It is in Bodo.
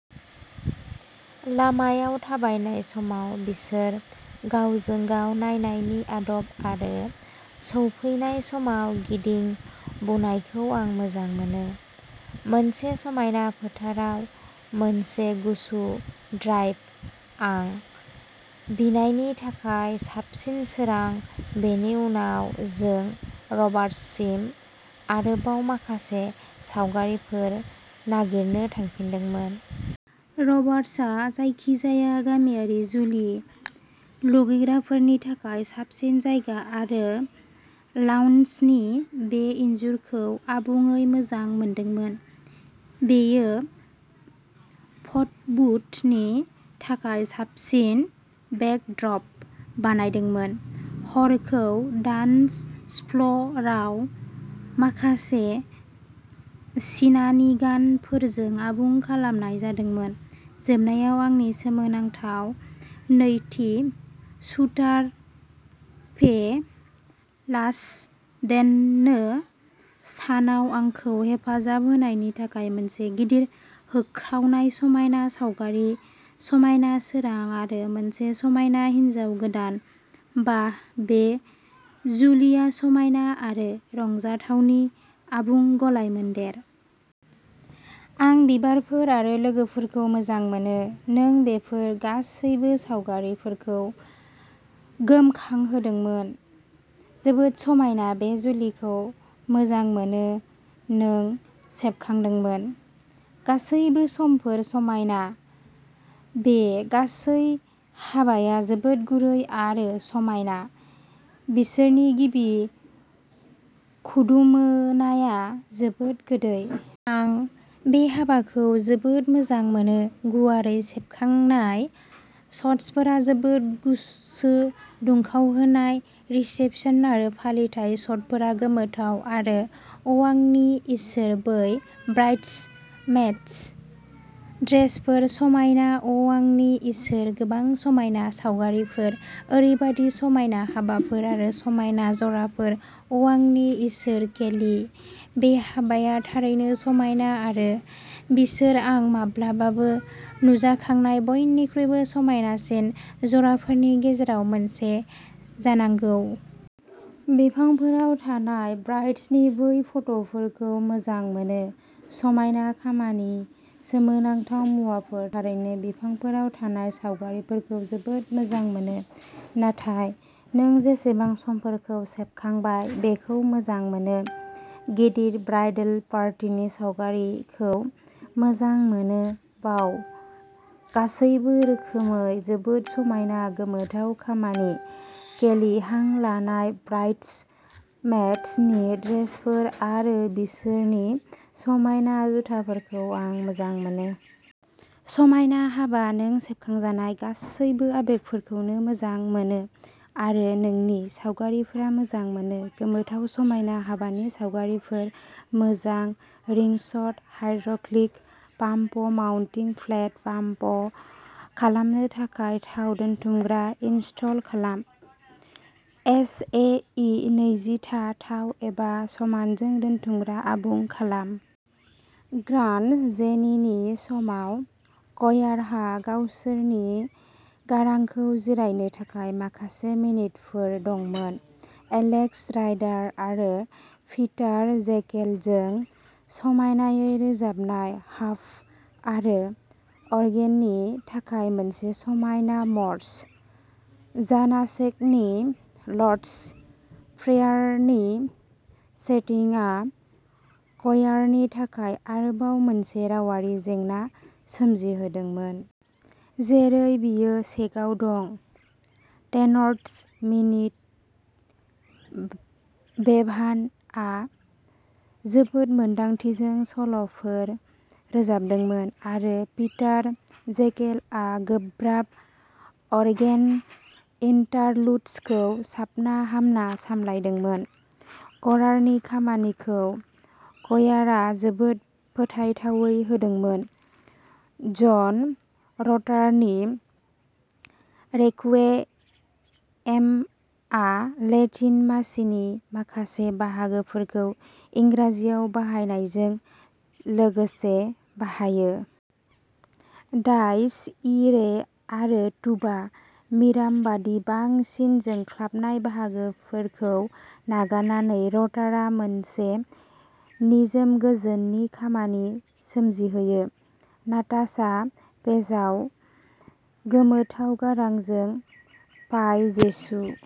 लामायाव थाबायनाय समाव बिसोर गावजों-गाव नायनायनि आदब आरो सफैनाय समाव गिदिं बुनायखौ आं मोजां मोनो। मोनसे समायना फोथाराव मोनसे गुसुं ड्राइभ आं बिनायनि थाखाय साबसिन सोरां बेनि उनाव जों रबार्ट्ससिम आरोबाव माखासे सावगारिफोर नागिरनो थांफिनदोंमोन। रबार्ट्सआ जायखिजाया गामियारि जुलि लुबैग्राफोरनि थाखाय साबसिन जायगा आं लाउन्जनि बे इनजुरखौ आबुङै मोजां मोनदोंमोन बेयो फटबुथनि थाखाय साबसिन बेकद्रब बानायदोंमोन। हरखौ डान्सफ्ल'राव माखासे सिनानिगानफोरजों आबुं खालामनाय जादोंमोन। जोबनायाव आंनि सोमोनांथाव नैथि शूटार फे लाम्सडेननो सानाव आंखौ हेफाजाब होनायनि थाखाय मोनसे गिदिर होख्रावनाय समायना सावगारिफोर समायना सोरां आरो मोनसे समायना हिन्जाव गोदान बाह बे जुलिया समायना आरो रंजाथावनि आबुं गलायमोन्देर! आं बिबारफोर आरो लोगोफोरखौ मोजां मोनो नों बेफोर गासैबो सावगारिफोरखौ गोमखांहोदोंमोन। जोबोद समायना बे जुलिखौ मोजां मोनो नों सेबखांदोंमोन। गासैबो समफोर समायना बे गासै हाबाया जोबोद गुरै आरो समायना बिसोरनि गिबि खुदुमोनाया जोबोद गोदै। आं बे हाबाखौ जोबोद मोजां मोनो। गुवारै सेबखांनाय शटफोरा गोसो दुंखांहोनाय रिसेपसन आरो फालिथाय शटफोरा गोमोथाव आरो अ आंनि इसोर बै ब्राइड्समेड्स ड्रेसफोर समायना अआंनि इसोर गोबां समायना सावगारिफोर ओरैबायदि समायना हाबाफोर आरो समायना जराफोर अआंनि इसोर केली बे हाबाया थारैनो समायना आरो बिसोर आं माब्लाबाबो नुजाखांनाय बयनिख्रुइबो समायनासिन जराफोरनि गेजेराव मोनसे जानांगौ। बिफांफोराव थानाय ब्राइड्सनि बै फट'फोरखौ मोजां मोनो। समायना खामानि सोमोनांथाव मुवाफोर थारैनो बिफांफोराव थानाय सावगारिफोरखौ जोबोद मोजां मोनो। नाथाय नों बेसेबां समफोरखौ सेबखांबाय बेखौ मोजां मोनो। गिदिर ब्राइडल पार्टिनि सावगारिखौ मोजां मोनो वाव गासैबो रोखोमै जोबोद समायना गोमोथाव खामानि केली हां लानाय ब्राइड्समेड्सनि ड्रेसफोर आरो बिसोरनि समायना जुथाफोरखौ आं मोजां मोनो। समायना हाबा नों सेबखांजानाय गासैबो आबेगफोरखौ मोजां मोनो आरो नोंनि सावगारिफोरा मोजां मोनो। गोमोथाव समायना हाबानि सावगारिफोर। मोजां रिंशट hydraulic pump mounting plate pump खालामनो थाखाय थाव दोनथुमग्रा इनस्टल खालाम। एस ए इ नैजिथा थाव एबा समानजों दोनथुमग्रा आबुं खालाम। ग्रान्डजेनिनि समाव कयारहा गावसोरनि गारांखौ जिरायनो थाखाय माखासे मिनिटफोर दंमोन, एलेक्स राइडार आरो पिटार जेकेलजों समायनायै रोजाबजानाय हार्प आरो अर्गेननि थाखाय मोनसे समायना मर्स'। जानासेकनि लर्ड'स प्रेयारनि सेटिंआ कयारनि थाखाय आरोबाव मोनसे रावारि जेंना सोमजिहोदोंमोन। जेरै बेयो चेकआव दं। टेन'र ड'मिनिक बेभानआ जोबोद मोन्दांथिजों सल'फोर रोजाबदोंमोन आरो पिटार जेकेलआ गोब्राब अर्गेन इन्टारलुड्सखौ साबना-हामना सामलायदोंमोन। क'रारनि खामानिखौ क'यारआ जोबोद फोथायथावै होदोंमोन। जन रटारनि रेक्विएमआ लेटिन मासनि माखासे बाहागोफोरखौ इंराजियाव बाहायनायजों लोगोसे बाहायो। डाइस इरे आरो तुबा मिराम बायदि बांसिन जोंख्लाबनाय बाहागोफोरखौ नागारनानै रटारआ मोनसे निजोम गोजोननि खामानि सोरजियो। नाताशा पेजआ गोमोथाव गारांजों पाइ जेसु